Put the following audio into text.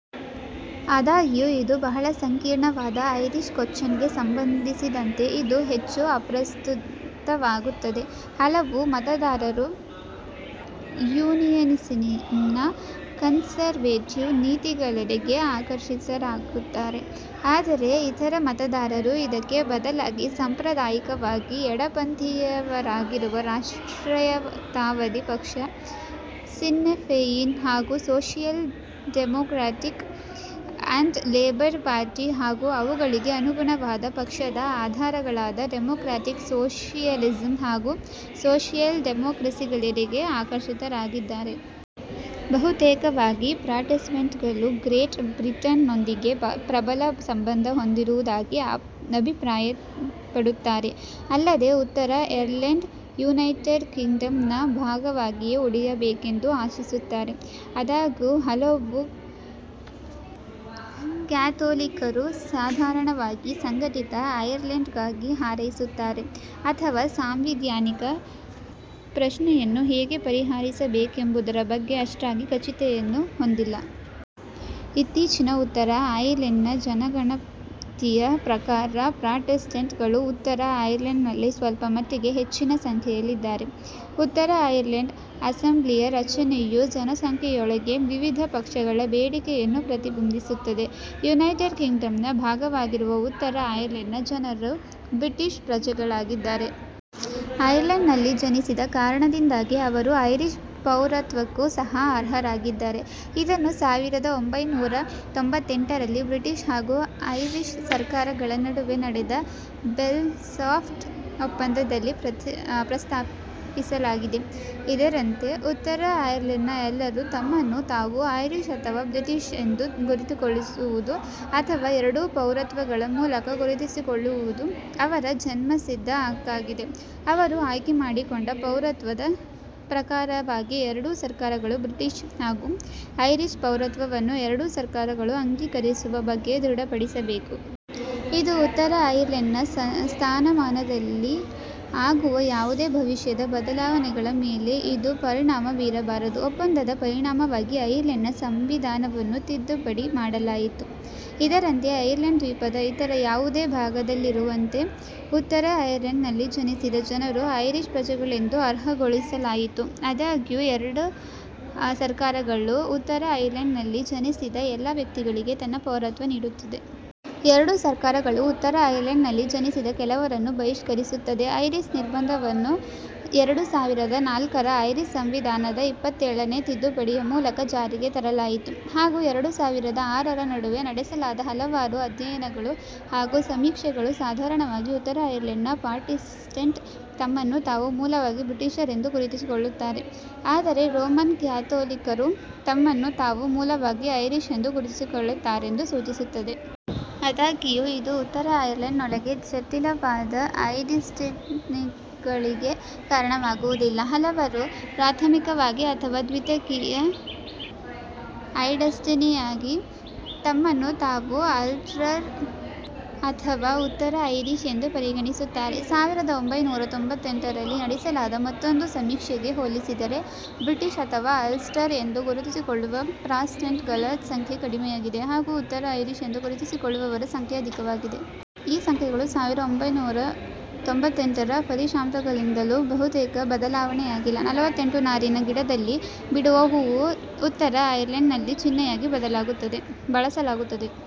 ಆದಾಗ್ಯೂ ಇದು, ಬಹಳ ಸಂಕೀರ್ಣವಾದ ಐರಿಶ್ ಕೊಶ್ಚನ್ ಗೆ ಸಂಬಂಧಿಸಿದಂತೆ ಇದು ಹೆಚ್ಚು ಅಪ್ರಸ್ತುತವಾಗುತ್ತದೆ. ಹಲವು ಮತದಾರರು ಯೂನಿಯನಿಸಂನ ಕನ್ಸರ್ವೇಟಿವ್ ನೀತಿಗಳೆಡೆಗೆ ಆಕರ್ಷಿತರಾಗಿದ್ದಾರೆ, ಆದರೆ ಇತರ ಮತದಾರರು ಇದಕ್ಕೆ ಬದಲಾಗಿ ಸಾಂಪ್ರದಾಯಿಕವಾಗಿ ಎಡಪಂಥೀಯರಾಗಿರುವ, ರಾಷ್ಟ್ರೀಯತಾವಾದಿ ಪಕ್ಷ ಸಿನ್ನ್ ಫೆಯಿನ್ ಹಾಗು social democratic and labour party ಹಾಗು ಅವುಗಳಿಗೆ ಅನುಗುಣವಾದ ಪಕ್ಷದ ಆಧಾರಗಳಾದ ಡೆಮೋಕ್ರ್ಯಾಟಿಕ್ ಸೋಷಿಯಲಿಸಂ ಹಾಗು ಸೋಶಿಯಲ್ ಡೆಮೋಕ್ರೆಸಿಗಳೆಡೆಗೆ ಆಕರ್ಷಿತರಾಗಿದ್ದಾರೆ. ಬಹುತೇಕವಾಗಿ, ಪ್ರಾಟೆಸ್ಟೆಂಟ್ ಗಳು ಗ್ರೇಟ್ ಬ್ರಿಟನ್ ನೊಂದಿಗೆ ಪ್ರಬಲ ಸಂಬಂಧ ಹೊಂದಿರುವುದಾಗಿ ಅಭಿಪ್ರಾಯಪಡುತ್ತಾರೆ. ಅಲ್ಲದೇ ಉತ್ತರ ಐರ್ಲೆಂಡ್, ಯುನೈಟೆಡ್ ಕಿಂಗ್ಡಮ್ ನ ಭಾಗವಾಗಿಯೇ ಉಳಿಯಬೇಕೆಂದು ಆಶಿಸುತ್ತಾರೆ. ಆದಾಗ್ಯೂ ಹಲವು ಕ್ಯಾಥೋಲಿಕ್ಕರು, ಸಾಧಾರಣವಾಗಿ ಸಂಘಟಿತ ಐರ್ಲೆಂಡ್ ಗಾಗಿ ಹಾರೈಸುತ್ತಾರೆ ಅಥವಾ ಸಾಂವಿಧಾನಿಕ ಪ್ರಶ್ನೆಯನ್ನು ಹೇಗೆ ಪರಿಹರಿಸಬೇಕೆಂಬುದರ ಬಗ್ಗೆ ಅಷ್ಟಾಗಿ ಖಚಿತತೆಯನ್ನು ಹೊಂದಿಲ್ಲ. ಇತ್ತೀಚಿನ ಉತ್ತರ ಐರ್ಲೆಂಡ್ ನ ಜನಗಣತಿಯ ಪ್ರಕಾರ ಪ್ರಾಟೆಸ್ಟೆಂಟ್ ಗಳು ಉತ್ತರ ಐರ್ಲೆಂಡ್ ನಲ್ಲಿ ಸ್ವಲ್ಪ ಮಟ್ಟಿಗೆ ಹೆಚ್ಚಿನ ಸಂಖ್ಯೆಯಲ್ಲಿದ್ದಾರೆ। ಉತ್ತರ ಐರ್ಲೆಂಡ್ ಅಸೆಂಬ್ಲಿಯ ರಚನೆಯು ಜನಸಂಖ್ಯೆಯೊಳಗೆ ವಿವಿಧ ಪಕ್ಷಗಳ ಬೇಡಿಕೆಯನ್ನು ಪ್ರತಿಬಿಂಬಿಸುತ್ತದೆ. ಯುನೈಟೆಡ್ ಕಿಂಗ್ಡಮ್ ನ ಭಾಗವಾಗಿರುವ ಉತ್ತರ ಐರ್ಲೆಂಡ್ ನ ಜನರು ಬ್ರಿಟಿಶ್ ಪ್ರಜೆಗಳಾಗಿದ್ದಾರೆ. ಐರ್ಲೆಂಡ್ ನಲ್ಲಿ ಜನಿಸಿದ ಕಾರಣದಿಂದಾಗಿ ಅವರು ಐರಿಶ್ ಪೌರತ್ವಕ್ಕೂ ಸಹ ಅರ್ಹರಾಗಿದ್ದಾರೆ, ಇದನ್ನು ಸಾವಿರದ ಒಂಭೈನೂರ ತೊಂಬತ್ತೆಂಟರಲ್ಲಿ ಬ್ರಿಟಿಶ್ ಹಾಗು ಐರಿಶ್ ಸರ್ಕಾರಗಳ ನಡುವೆ ನಡೆದ ಬೆಲ್ಫಾಸ್ಟ್ ಒಪ್ಪಂದದಲ್ಲಿ ಪ್ರಸ್ತಾಪಿಸಲಾಗಿದೆ, ಇದರಂತೆ: ಉತ್ತರ ಐರ್ಲೆಂಡ್ ನ ಎಲ್ಲರೂ ತಮ್ಮನ್ನು ತಾವು ಐರಿಶ್ ಅಥವಾ ಬ್ರಿಟಿಶ್ ಎಂದು ಗುರುತಿಸಿಕೊಳ್ಳುವುದು ಅಥವಾ ಎರಡೂ ಪೌರತ್ವಗಳ ಮೂಲಕ ಗುರುತಿಸಿಕೊಳ್ಳುವುದು ಅವರ ಜನ್ಮಸಿದ್ಧ ಹಕ್ಕಾಗಿದೆ, ಅವರು ಆಯ್ಕೆ ಮಾಡಿಕೊಂಡ ಪೌರತ್ವದ ಪ್ರಕಾರವಾಗಿಎರಡೂ ಸರ್ಕಾರಗಳು ಬ್ರಿಟಿಶ್ ಹಾಗು ಐರಿಶ್ ಪೌರತ್ವವನ್ನು ಎರಡೂ ಸರ್ಕಾರಗಳು ಅಂಗೀಕರಿಸಿರುವ ಬಗ್ಗೆ ದೃಢಪಡಿಸಬೇಕು. ಇದು ಉತ್ತರ ಐರ್ಲೆಂಡ್ ನ ಸ್ಥಾನಮಾನದಲ್ಲಿ ಆಗುವ ಯಾವುದೇ ಭವಿಷ್ಯದ ಬದಲಾವಣೆಗಳ ಮೇಲೆ ಇದು ಪರಿಣಾಮ ಬೀರಬಾರದು. ಒಪ್ಪಂದದ ಪರಿಣಾಮವಾಗಿ, ಐರ್ಲೆಂಡ್ ನ ಸಂವಿಧಾನವನ್ನು ತಿದ್ದುಪಡಿ ಮಾಡಲಾಯಿತು, ಇದರಂತೆ, ಐರ್ಲೆಂಡ್ ದ್ವೀಪದ ಇತರ ಯಾವುದೇ ಭಾಗದಲ್ಲಿರುವಂತೆ ಉತ್ತರ ಐರ್ಲೆಂಡ್ ನಲ್ಲಿ ಜನಿಸಿದ ಜನರು ಐರಿಶ್ ಪ್ರಜೆಗಳೆಂದು ಅರ್ಹಗೊಳಿಸಲಾಯಿತು ಆದಾಗ್ಯೂ, ಎರಡೂ ಸರ್ಕಾರಗಳು, ಉತ್ತರ ಐರ್ಲೆಂಡ್ ನಲ್ಲಿ ಜನಿಸಿದ ಎಲ್ಲ ವ್ಯಕ್ತಿಗಳಿಗೆ ತನ್ನ ಪೌರತ್ವ ನೀಡುತ್ತದೆ। ಎರಡೂ ಸರ್ಕಾರಗಳು ಉತ್ತರ ಐರ್ಲೆಂಡ್ ನಲ್ಲಿ ಜನಿಸಿದ ಕೆಲವರನ್ನು ಬಹಿಷ್ಕರಿಸುತ್ತದೆ. ಐರಿಶ್ ನಿರ್ಬಂಧವನ್ನು ಎರಡು ಸಾವಿರದ ನಾಲ್ಕರ ಐರಿಶ್ ಸಂವಿಧಾನದ ಇಪ್ಪತ್ತೇಳನೆ ತಿದ್ದುಪಡಿಯ ಮೂಲಕ ಜಾರಿಗೆ ತರಲಾಯಿತು। ಹಾಗು ಎರಡು ಸಾವಿರದ ಆರರ ನಡುವೆ ನಡೆಸಲಾದ ಹಲವಾರು ಅಧ್ಯಯನಗಳು ಹಾಗು ಸಮೀಕ್ಷೆಗಳು, ಸಾಧಾರಣವಾಗಿ, ಉತ್ತರ ಐರ್ಲೆಂಡ್ ನ ಪ್ರಾಟೆಸ್ಟೆಂಟ್ ತಮ್ಮನ್ನು ತಾವು ಮೂಲವಾಗಿ 'ಬ್ರಿಟಿಷರೆಂದು' ಗುರುತಿಸಿಕೊಳ್ಳುತ್ತಾರೆ, ಆದರೆ ರೋಮನ್ ಕ್ಯಾಥೋಲಿಕ್ಕರು ತಮ್ಮನ್ನು ತಾವು ಮೂಲವಾಗಿ 'ಐರಿಶರೆಂದು' ಗುರುತಿಸಿಕೊಳ್ಳುತ್ತಾರೆಂದು ಸೂಚಿಸುತ್ತದೆ. ಆದಾಗ್ಯೂ, ಇದು ಉತ್ತರ ಐರ್ಲೆಂಡ್ ನೊಳಗೆ ಜಟಿಲವಾದ ಐಡೆನ್ಟಿಟಿಗಳಿಗೆ ಕಾರಣವಾಗುವುದಿಲ್ಲ, ಹಲವರು ಪ್ರಾಥಮಿಕವಾಗಿ, ಅಥವಾ ದ್ವಿತೀಯಕ ಐಡೆನ್ಟಿಟಿಯಾಗಿ ತಮ್ಮನ್ನು ತಾವು "ಅಲ್ಸ್ಟರ್" ಅಥವಾ "ಉತ್ತರ ಐರಿಶ್" ಎಂದು ಪರಿಗಣಿಸುತ್ತಾರೆ. ಸಾವಿರದ ಒಂಭೈನೂರ ತೊಂಬತ್ತೆಂಟರಲ್ಲಿ ನಡೆಸಲಾದ ಮತ್ತೊಂದು ಸಮೀಕ್ಷೆಗೆ ಹೋಲಿಸಿದರೆ, ಬ್ರಿಟಿಶ್ ಅಥವಾ ಅಲ್ಸ್ಟರ್ ಎಂದು ಗುರುತಿಸಿಕೊಳ್ಳುವ ಪ್ರಾಟೆಸ್ಟೆಂಟ್ ಗಳ ಸಂಖ್ಯೆ ಕಡಿಮೆಯಾಗಿದೆ; ಹಾಗು ಉತ್ತರ ಐರಿಶ್ ಎಂದು ಗುರುತಿಸಿಕೊಳ್ಳುವವರ ಸಂಖ್ಯೆ ಅಧಿಕವಾಗಿದೆ. ಈ ಸಂಖ್ಯೆಗಳು ಸಾವಿರದ ಒಂಭೈನೂರ ತೊಂಬತ್ತೆಂಟರ ಫಲಿತಾಂಶಗಳಿಂದಲೂ ಬಹುತೇಕ ಬದಲಾವಣೆಯಾಗಿಲ್ಲ. ನಲವತ್ತೆಂಟು ನಾರಿನ ಗಿಡದಲ್ಲಿ ಬಿಡುವ ಹೂವು ಉತ್ತರ ಐರ್ಲೆಂಡ್ ನಲ್ಲಿ ಚಿಹ್ನೆಯಾಗಿ ಬಳಸಲಾಗುತ್ತದೆ.